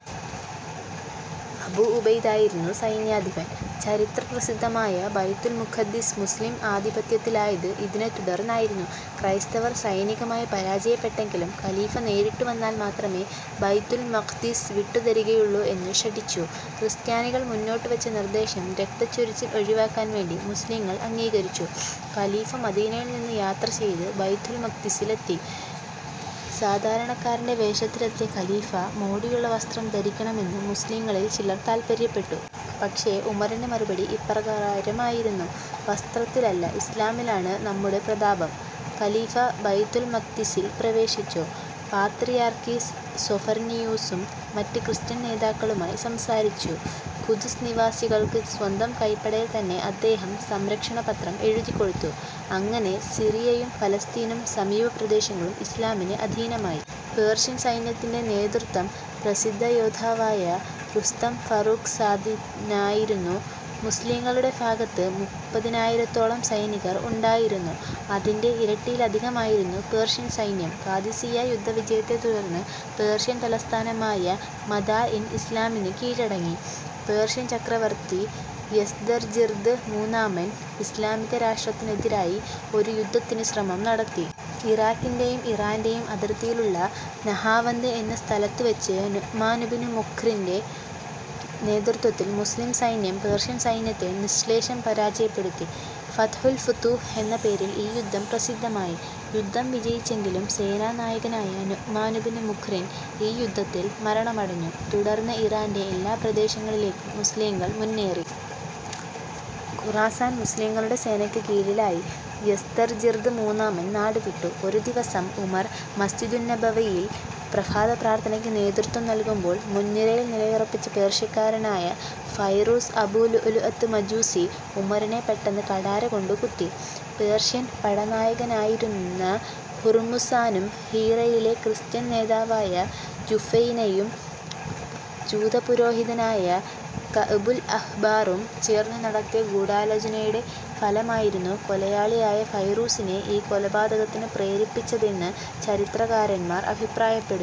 അബൂഉബൈദയായിരുന്നു സൈന്യാധിപൻ. ചരിത്രപസിദ്ധമായ ബൈതുൽ മുഖദ്ദിസ് മുസ്ലിം ആധിപത്യത്തിലായത് ഇതിനെത്തുടർന്നായിരുന്നു. ക്രൈസ്തവർ സൈനികമായി പരാജയപ്പെട്ടെങ്കിലും ഖലീഫ നേരിട്ടുവന്നാൽ മാത്രമേ ബൈതുൽ മഖ്ദിസ് വിട്ടുതരികയുള്ളൂ എന്ന് ശഠിച്ചു. ക്രിസ്ത്യാനികൾ മുന്നോട്ടുവെച്ച നിർദ്ദേശം രക്തച്ചൊരിച്ചിൽ ഒഴിവാക്കാൻ വേണ്ടി മുസ്ലിംകൾ അംഗീകരിച്ചു. ഖലീഫ മദീനയിൽ നിന്ന് യാത്രചെയ്ത് ബൈതുൽമഖ്ദിസിലെത്തി. സാധാരണക്കാരന്റെ വേഷത്തിലെത്തിയ ഖലീഫ മോടിയുള്ള വസ്ത്രം ധരിക്കണമെന്ന് മുസ്ലിംകളിൽ ചിലർ താൽപര്യപ്പെട്ടു. പക്ഷേ, ഉമറിന്റെ മറുപടി ഇപ്രകാരമായിരുന്നു: 'വസ്ത്രത്തിലല്ല, ഇസ്ലാമിലാണ് നമ്മുടെ പ്രതാപം. ' ഖലീഫ ബൈതുൽമഖ്ദിസിൽ പ്രവേശിച്ചു. പാത്രിയാർക്കീസ് സ്വഫർനിയൂസും മറ്റ് ക്രിസ്ത്യൻ നേതാക്കളുമായി സംസാരിച്ചു. ഖുദ്സ് നിവാസികൾക്ക് സ്വന്തം കൈപ്പടയിൽ തന്നെ അദ്ദേഹം സംരക്ഷണപത്രം എഴുതിക്കൊടുത്തു. അങ്ങനെ സിറിയയും ഫലസ്തീനും സമീപ പ്രദേശങ്ങളും ഇസ്ലാമിന് അധീനമായി. പേർഷ്യൻ സൈന്യത്തിന്റെ നേതൃത്വം പ്രസിദ്ധയോദ്ധാവായ റുസ്തം ഫറൂഖ്സാദിനായിരുന്നു. മുസ്ലിംകളുടെ ഭാഗത്ത് മുപ്പതിനായിരത്തോളം സൈനികർ ഉണ്ടായിരുന്നു. അതിന്റെ ഇരട്ടിയിലധികമായിരുന്നു പേർഷ്യൻ സൈന്യം. ഖാദിസിയ്യാ യുദ്ധവിജയത്തെ തുടർന്ന് പേർഷ്യൻ തലസ്ഥാനമായ മദാഇൻ ഇസ്ലാമിന് കീഴടങ്ങി.. പേർഷ്യൻ ചക്രവർത്തി യസ്ദർജിർദ് മൂന്നാമൻ ഇസ്ലാമിക രാഷ്ട്രത്തിനെതിരായി ഒരു യുദ്ധത്തിന് ശ്രമം നടത്തി. ഇറാഖിന്റെയും ഇറാന്റെയും അതിർത്തിയിലുള്ള നഹാവന്ത് എന്ന സ്ഥലത്തുവെച്ച് നുഅ്മാനുബ്നു മുഖ്രിൻറെ നേതൃത്വത്തിൽ മുസ്ലിം സൈന്യം പേർഷ്യൻ സൈന്യത്തെ നിശ്ശേഷം പരാജയപ്പെടുത്തി. ഫത്ഹുൽ ഫുതൂഹ് എന്ന പേരിൽ ഈ യുദ്ധം പ്രസിദ്ധമായി. യുദ്ധം വിജയിച്ചെങ്കിലും സേനാ നായകനായ നുഅ്മാനുബ്നു മുഖ്രിൻ ഈ യുദ്ധത്തിൽ മരണമടഞ്ഞു. തുടർന്ന് ഇറാന്റെ എല്ലാ പ്രദേശങ്ങളിലേക്കും മുസ്ലിംകൾ മുന്നേറി. ഖുറാസാൻ മുസ്ലീങ്ങളുടെ സേനക്ക് കീഴിലായി. യസ്ദർജിർദ് മൂന്നാമൻ നാടുവിട്ടു. ഒരു ദിവസം ഉമർ മസ്ജിദുന്നബവിയിൽ പ്രഭാത പ്രാർത്ഥനക്ക് നേതൃത്വം നൽകുമ്പോൾ, മുൻനിരയിൽ നിലയുറപ്പിച്ച പേർഷ്യക്കാരനായ ഫൈറൂസ് അബൂ ലുഅ് ലുഅത്ത് മജൂസി, ഉമറിനെ പെട്ടെന്ന് കഠാരകൊണ്ട് കുത്തി. പേർഷ്യൻ പടനായകനായിരുന്ന ഹുർമുസാനും ഹീറയിലെ ക്രിസ്ത്യൻ നേതാവായ ജുഫൈനയും ജൂതപുരോഹിതനായ കഅ്ബുൽ അഹ്ബാറും ചേർന്നു നടത്തിയ ഗൂഢാലോചനയുടെ ഫലമായിരുന്നു കൊലയാളിയായ ഫൈറൂസിനെ ഈ കൊലപാതകത്തിന് പ്രേരിപ്പിച്ചതെന്ന് ചരിത്രകാരന്മാർ അഭിപ്രായപ്പെടുന്നു.